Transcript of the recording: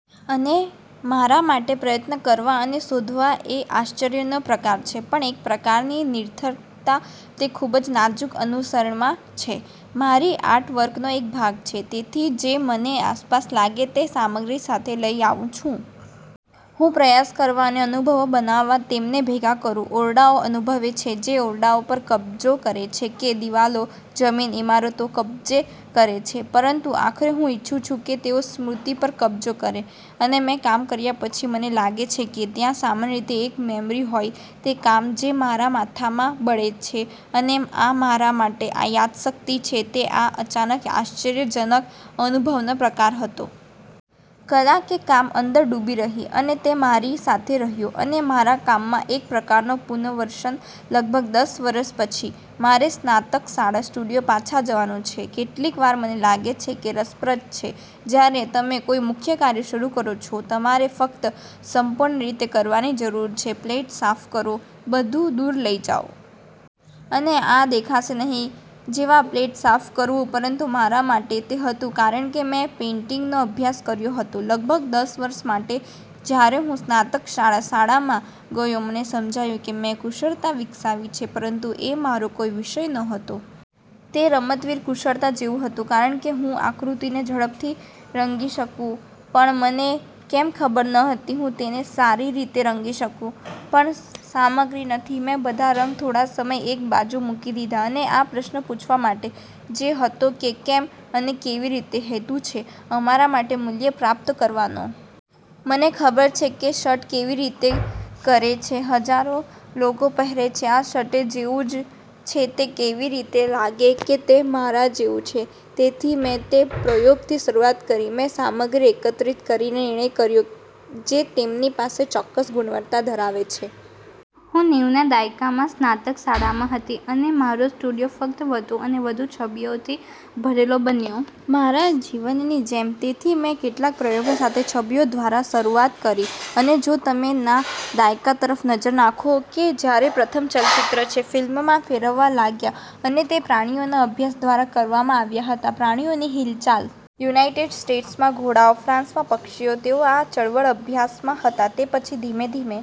અને મારા માટે, પ્રયત્ન કરવા અને શોધવા એ આશ્ચર્યનો પ્રકાર છે, પણ એક પ્રકારની નિરર્થકતા તે ખૂબ જ નાજુક અનુસરણમાં છે, મારી આર્ટ વર્કનો એક ભાગ છે. તેથી જે મને આસપાસ લાગે તે સામગ્રી સાથે લઈ આવુ છું. હું પ્રયાસ કરવા અને અનુભવો બનાવવા તેમને ભેગા કરુ ઓરડાઓ અનુભવે છે જે ઓરડાઓ પર કબજો કરે છે, કે દિવાલો, જમીન, ઇમારતો કબજે કરે છે ,પરંતુ આખરે હું ઇચ્છું છું કે તેઓ સ્મૃતિ પર કબજો કરે અને મેં કામ કર્યા પછી, મને લાગે છે કે ત્યાં સામાન્ય રીતે એક મેમરી હોય તે કામ જે મારા માથામાં બળે છે અને આ મારા માટે યાદશક્તિ છે તે આ અચાનક આશ્ચર્યજનક અનુભવનો પ્રકાર હતો. કલા કે કામ અંદર ડૂબી રહી. અને તે મારી સાથે રહ્યો અને મારા કામમાં એક પ્રકારનો પુનર્વસન લગભગ દસ વર્ષ પછી. મારે સ્નાતકશાળા સ્ટુડિયો પાછા જવાનુ છે કેટલીકવાર મને લાગે છે કે રસપ્રદ છે જ્યારે તમે કોઈ મુખ્ય કાર્ય શરૂ કરો છો, તમારે ફક્ત સંપૂર્ણ રીતે કરવાની જરૂર છે પ્લેટ સાફ કરો, બધું દૂર લઈ જાઓ. અને આ દેખાશે નહીં જેવા પ્લેટ સાફ કરવું, પરંતુ મારા માટે, તે હતું કારણ કે મેં પેઇન્ટિંગનો અભ્યાસ કર્યો હતો લગભગ દસ વર્ષ માટે, જ્યારે હું સ્નાતકશાળા શાળામા ગયો મને સમજાયું કે મેં કુશળતા વિકસાવી છે, પરંતુ એ મારો કોઈ વિષય નહોતો. તે રમતવીર કુશળતા જેવું હતું, કારણ કે હું આકૃતિને ઝડપથી રંગી શકું, પણ મને કેમ ખબર નહોતી. હું તેને સારી રીતે રંગી શકુ પણ સામગ્રી નથી મેં બધા રંગ થોડા સમય એક બાજુ મૂકી દીધા અને આ પ્રશ્ન પૂછવા માટે, જે હતો કે "કેમ અને કેવી રીતે હેતુ છે અમારા માટે મૂલ્ય પ્રાપ્ત કરવાનો? " મને ખબર છે કે શર્ટ કેવી રીતે કરે છે હજારો લોકો પહેરે છે, આ શટૅ જેવું જ છે તે કેવી રીતે લાગે કે તે મારા જેવું છે? તેથી મેં તે પ્રયોગથી શરૂઆત કરી મેં સામગ્રી એકત્રિત કરીને નિર્ણય કર્યો જે તેમની પાસે ચોક્કસ ગુણવત્તા ધરાવે છે. હું નેવુના દાયકામાં સ્નાતક શાળામાં હતી અને મારો સ્ટુડિયો ફક્ત વધુ અને વધુ છબીઓથી ભરેલો બન્યો, મારા જીવનની જેમ. તેથી મેં કેટલાક પ્રયોગો સાથે છબીઓ દ્વારા શરૂઆત કરી અને જો તમે ના દાયકા તરફ નજર નાખો, કે જ્યારે પ્રથમ ચલચિત્ર છે ફિલ્મમાં ફેરવવા લાગ્યા અને તે પ્રાણીઓના અભ્યાસ દ્વારા કરવામાં આવ્યા હતા પ્રાણીઓની હિલચાલ. યુનાઇટેડ સ્ટેટ્સમાં ઘોડાઓ, ફ્રાન્સમાં પક્ષીઓ. તેઓ આ ચળવળઅભ્યાસ માં હતા તે પછી ધીમે ધીમે